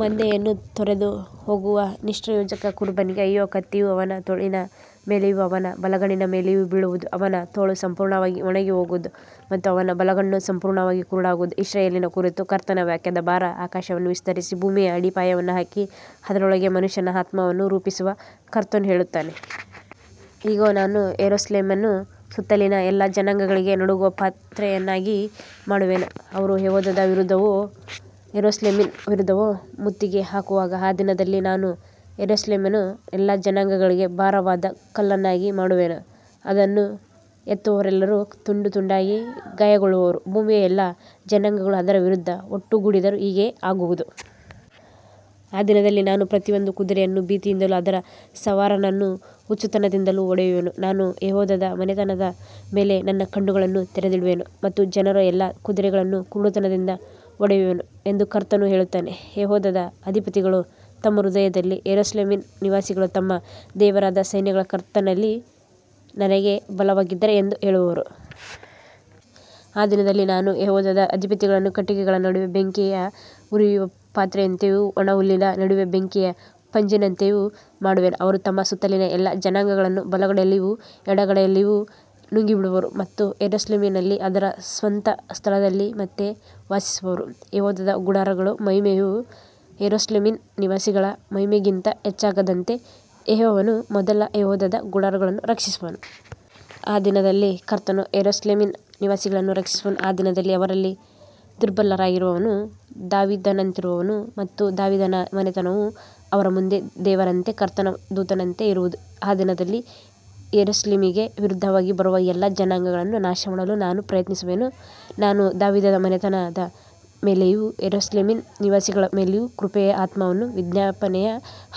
ಮಂದೆಯನ್ನು ತೊರೆದುಹೋಗುವ ನಿಷ್ಪ್ರಯೋಜಕ ಕುರುಬನಿಗೆ ಅಯ್ಯೋ. ಕತ್ತಿಯು ಅವನ ತೋಳಿನ ಮೇಲೆಯೂ ಅವನ ಬಲಗಣ್ಣಿನ ಮೇಲೆಯೂ ಬೀಳುವುದು. ಅವನ ತೋಳು ಸಂಪೂರ್ಣವಾಗಿ ಒಣಗಿಹೋಗುವುದು ಮತ್ತು ಅವನ ಬಲಗಣ್ಣು ಸಂಪೂರ್ಣವಾಗಿ ಕುರುಡಾಗುವುದು. ಇಸ್ರಾಯೇಲಿನ ಕುರಿತು ಕರ್ತನ ವಾಕ್ಯದ ಭಾರ. ಆಕಾಶವನ್ನು ವಿಸ್ತರಿಸಿ, ಭೂಮಿಯ ಅಡಿಪಾಯವನ್ನು ಹಾಕಿ, ಅದರೊಳಗೆ ಮನುಷ್ಯನ ಆತ್ಮವನ್ನು ರೂಪಿಸುವ ಕರ್ತನು ಹೇಳುತ್ತಾನೆ. ಇಗೋ, ನಾನು ಯೆರೂಸಲೇಮನ್ನು ಸುತ್ತಲಿನ ಎಲ್ಲಾ ಜನಾಂಗಗಳಿಗೆ ನಡುಗುವ ಪಾತ್ರೆಯನ್ನಾಗಿ ಮಾಡುವೆನು, ಅವರು ಯೆಹೂದದ ವಿರುದ್ಧವೂ ಯೆರೂಸಲೇಮಿನ ವಿರುದ್ಧವೂ ಮುತ್ತಿಗೆ ಹಾಕುವಾಗ. ಆ ದಿನದಲ್ಲಿ ನಾನು ಯೆರೂಸಲೇಮನ್ನು ಎಲ್ಲಾ ಜನಾಂಗಗಳಿಗೆ ಭಾರವಾದ ಕಲ್ಲನ್ನಾಗಿ ಮಾಡುವೆನು. ಅದನ್ನು ಎತ್ತುವವರೆಲ್ಲರೂ ತುಂಡು ತುಂಡಾಗಿ ಗಾಯಗೊಳ್ಳುವರು. ಭೂಮಿಯ ಎಲ್ಲಾ ಜನಾಂಗಗಳು ಅದರ ವಿರುದ್ಧ ಒಟ್ಟುಗೂಡಿದರೂ ಹೀಗೆಯೇ ಆಗುವುದು. ಆ ದಿನದಲ್ಲಿ ನಾನು ಪ್ರತಿಯೊಂದು ಕುದುರೆಯನ್ನು ಭೀತಿಯಿಂದಲೂ ಅದರ ಸವಾರನನ್ನು ಹುಚ್ಚುತನದಿಂದಲೂ ಹೊಡೆಯುವೆನು. ನಾನು ಯೆಹೂದದ ಮನೆತನದ ಮೇಲೆ ನನ್ನ ಕಣ್ಣುಗಳನ್ನು ತೆರೆದಿಡುವೆನು ಮತ್ತು ಜನರ ಎಲ್ಲಾ ಕುದುರೆಗಳನ್ನು ಕುರುಡುತನದಿಂದ ಹೊಡೆಯುವೆನು ಎಂದು ಕರ್ತನು ಹೇಳುತ್ತಾನೆ. ಯೆಹೂದದ ಅಧಿಪತಿಗಳು ತಮ್ಮ ಹೃದಯದಲ್ಲಿ ಯೆರೂಸಲೇಮಿನ ನಿವಾಸಿಗಳು ತಮ್ಮ ದೇವರಾದ ಸೈನ್ಯಗಳ ಕರ್ತನಲ್ಲಿ ನನಗೆ ಬಲವಾಗಿದ್ದಾರೆ ಎಂದು ಹೇಳುವರು. ಆ ದಿನದಲ್ಲಿ ನಾನು ಯೆಹೂದದ ಅಧಿಪತಿಗಳನ್ನು ಕಟ್ಟಿಗೆಗಳ ನಡುವೆ ಬೆಂಕಿಯ ಉರಿಯುವ ಪಾತ್ರೆಯಂತೆಯೂ, ಒಣ ಹುಲ್ಲಿನ ನಡುವೆ ಬೆಂಕಿಯ ಪಂಜಿನಂತೆಯೂ ಮಾಡುವೆನು. ಅವರು ತಮ್ಮ ಸುತ್ತಲಿನ ಎಲ್ಲಾ ಜನಾಂಗಗಳನ್ನು ಬಲಗಡೆಯಲ್ಲಿಯೂ ಎಡಗಡೆಯಲ್ಲಿಯೂ ನುಂಗಿಬಿಡುವರು ಮತ್ತು ಯೆರೂಸಲೇಮಿನಲ್ಲಿ ಅದರ ಸ್ವಂತ ಸ್ಥಳದಲ್ಲಿ ಮತ್ತೆ ವಾಸಿಸುವರು. ಯೆಹೂದದ ಗುಡಾರಗಳ ಮಹಿಮೆಯು ಯೆರೂಸಲೇಮಿನ ನಿವಾಸಿಗಳ ಮಹಿಮೆಯಿಗಿಂತ ಹೆಚ್ಚಾಗದಂತೆ ಯೆಹೋವನು ಮೊದಲು ಯೆಹೂದದ ಗುಡಾರಗಳನ್ನು ರಕ್ಷಿಸುವನು. ಆ ದಿನದಲ್ಲಿ ಕರ್ತನು ಯೆರೂಸಲೇಮಿನ ನಿವಾಸಿಗಳನ್ನು ರಕ್ಷಿಸುವನು. ಆ ದಿನದಲ್ಲಿ ಅವರಲ್ಲಿ ದುರ್ಬಲನಾಗಿರುವವನು ದಾವೀದನಂತಿರುವನು ಮತ್ತು ದಾವೀದನ ಮನೆತನವು ಅವರ ಮುಂದೆ ದೇವರಂತೆ, ಕರ್ತನ ದೂತನಂತೆ ಇರುವುದು. ಆ ದಿನದಲ್ಲಿ ಯೆರೂಸಲೇಮಿಗೆ ವಿರುದ್ಧವಾಗಿ ಬರುವ ಎಲ್ಲಾ ಜನಾಂಗಗಳನ್ನು ನಾಶಮಾಡಲು ನಾನು ಪ್ರಯತ್ನಿಸುವೆನು. ನಾನು ದಾವೀದನ ಮನೆತನದ ಮೇಲೆಯೂ ಯೆರೂಸಲೇಮಿನ ನಿವಾಸಿಗಳ ಮೇಲೆಯೂ ಕೃಪೆಯ ಆತ್ಮವನ್ನೂ ವಿಜ್ಞಾಪನೆಯ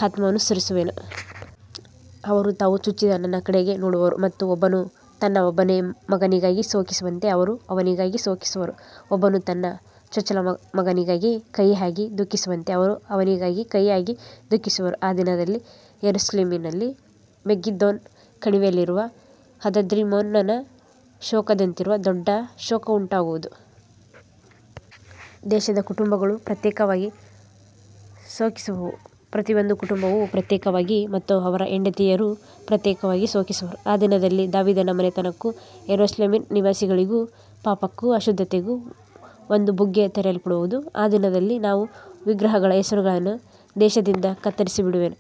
ಆತ್ಮವನ್ನೂ ಸುರಿಸುವೆನು. ಅವರು ತಾವು ಚುಚ್ಚಿದ ನನ್ನ ಕಡೆಗೆ ನೋಡುವರು ಮತ್ತು ಒಬ್ಬನು ತನ್ನ ಒಬ್ಬನೇ ಮಗನಿಗಾಗಿ ಶೋಕಿಸುವಂತೆ ಅವರೂ ಅವನಿಗಾಗಿ ಶೋಕಿಸುವರು. ಒಬ್ಬನು ತನ್ನ ಚೊಚ್ಚಲ ಮಗನಿಗಾಗಿ ಕಹಿಯಾಗಿ ದುಃಖಿಸುವಂತೆ ಅವರು ಅವನಿಗಾಗಿ ಕಹಿಯಾಗಿ ದುಃಖಿಸುವರು. ಆ ದಿನದಲ್ಲಿ ಯೆರೂಸಲೇಮಿನಲ್ಲಿ ಮೆಗಿದ್ದೋನ್ ಕಣಿವೆಯಲ್ಲಿರುವ ಹದದ್ರಿಮ್ಮೋನನ ಶೋಕದಂತಿರುವ ದೊಡ್ಡ ಶೋಕವುಂಟಾಗುವುದು. ದೇಶದ ಕುಟುಂಬಗಳು ಪ್ರತ್ಯೇಕವಾಗಿ ಶೋಕಿಸುವವು, ಪ್ರತಿಯೊಂದು ಕುಟುಂಬವೂ ಪ್ರತ್ಯೇಕವಾಗಿ ಮತ್ತು ಅವರ ಹೆಂಡತಿಯರೂ ಪ್ರತ್ಯೇಕವಾಗಿ ಶೋಕಿಸುವರು. ಆ ದಿನದಲ್ಲಿ ದಾವೀದನ ಮನೆತನಕ್ಕೂ ಯೆರೂಸಲೇಮಿನ ನಿವಾಸಿಗಳಿಗೂ ಪಾಪಕ್ಕೂ ಅಶುದ್ಧತೆಗೂ ಒಂದು ಬುಗ್ಗೆ ತೆರೆಯಲ್ಪಡುವುದು. ಆ ದಿನದಲ್ಲಿ ನಾನು ವಿಗ್ರಹಗಳ ಹೆಸರುಗಳನ್ನು ದೇಶದಿಂದ ಕತ್ತರಿಸಿಬಿಡುವೆನು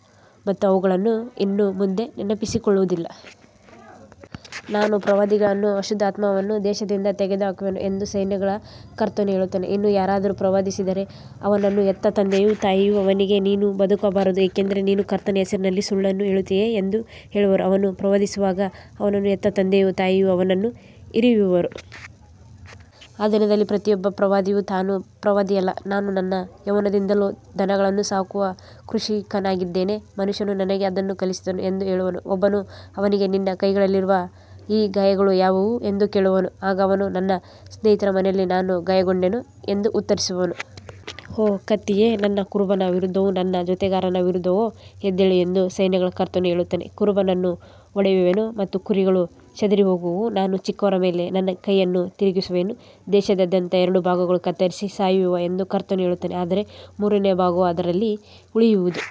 ಮತ್ತು ಅವುಗಳನ್ನು ಇನ್ನು ಮುಂದೆ ನೆನಪಿಸಿಕೊಳ್ಳುವುದಿಲ್ಲ. ನಾನು ಪ್ರವಾದಿಗಳನ್ನೂ ಅಶುದ್ಧಾತ್ಮವನ್ನೂ ದೇಶದಿಂದ ತೆಗೆದುಹಾಕುವೆನು ಎಂದು ಸೈನ್ಯಗಳ ಕರ್ತನು ಹೇಳುತ್ತಾನೆ. ಇನ್ನೂ ಯಾರಾದರೂ ಪ್ರವಾದಿಸಿದರೆ, ಅವನನ್ನು ಹೆತ್ತ ತಂದೆಯೂ ತಾಯಿಯೂ ಅವನಿಗೆ, ನೀನು ಬದುಕಬಾರದು, ಏಕೆಂದರೆ ನೀನು ಕರ್ತನ ಹೆಸರಿನಲ್ಲಿ ಸುಳ್ಳನ್ನು ಹೇಳುತ್ತೀಯೆ ಎಂದು ಹೇಳುವರು. ಅವನು ಪ್ರವಾದಿಸುವಾಗ ಅವನನ್ನು ಹೆತ್ತ ತಂದೆಯೂ ತಾಯಿಯೂ ಅವನನ್ನು ಇರಿಯುವರು. ಆ ದಿನದಲ್ಲಿ ಪ್ರತಿಯೊಬ್ಬ ಪ್ರವಾದಿಯೂ ತಾನು ಪ್ರವಾದಿಯಲ್ಲ, ನಾನು ನನ್ನ ಯೌವನದಿಂದಲೂ ದನಗಳನ್ನು ಸಾಕುವ ಕೃಷಿಕನಾಗಿದ್ದೇನೆ, ಮನುಷ್ಯನು ನನಗೆ ಅದನ್ನು ಕಲಿಸಿದನು ಎಂದು ಹೇಳುವನು. ಒಬ್ಬನು ಅವನಿಗೆ, ನಿನ್ನ ಕೈಗಳಲ್ಲಿರುವ ಈ ಗಾಯಗಳು ಯಾವುವು ಎಂದು ಕೇಳುವನು. ಆಗ ಅವನು, ನನ್ನ ಸ್ನೇಹಿತರ ಮನೆಯಲ್ಲಿ ನಾನು ಗಾಯಗೊಂಡೆನು ಎಂದು ಉತ್ತರಿಸುವನು. ಓ ಕತ್ತಿಯೇ, ನನ್ನ ಕುರುಬನ ವಿರುದ್ಧವೂ ನನ್ನ ಜೊತೆಗಾರನ ವಿರುದ್ಧವೂ ಎದ್ದೇಳು ಎಂದು ಸೈನ್ಯಗಳ ಕರ್ತನು ಹೇಳುತ್ತಾನೆ. ಕುರುಬನನ್ನು ಹೊಡೆಯುವೆನು ಮತ್ತು ಕುರಿಗಳು ಚದುರಿಹೋಗುವವು. ನಾನು ಚಿಕ್ಕವರ ಮೇಲೆ ನನ್ನ ಕೈಯನ್ನು ತಿರುಗಿಸುವೆನು. ದೇಶದಾದ್ಯಂತ ಎರಡು ಭಾಗಗಳು ಕತ್ತರಿಸಿ ಸಾಯುವವು ಎಂದು ಕರ್ತನು ಹೇಳುತ್ತಾನೆ, ಆದರೆ ಮೂರನೆಯ ಭಾಗವು ಅದರಲ್ಲಿ ಉಳಿಯುವುದು.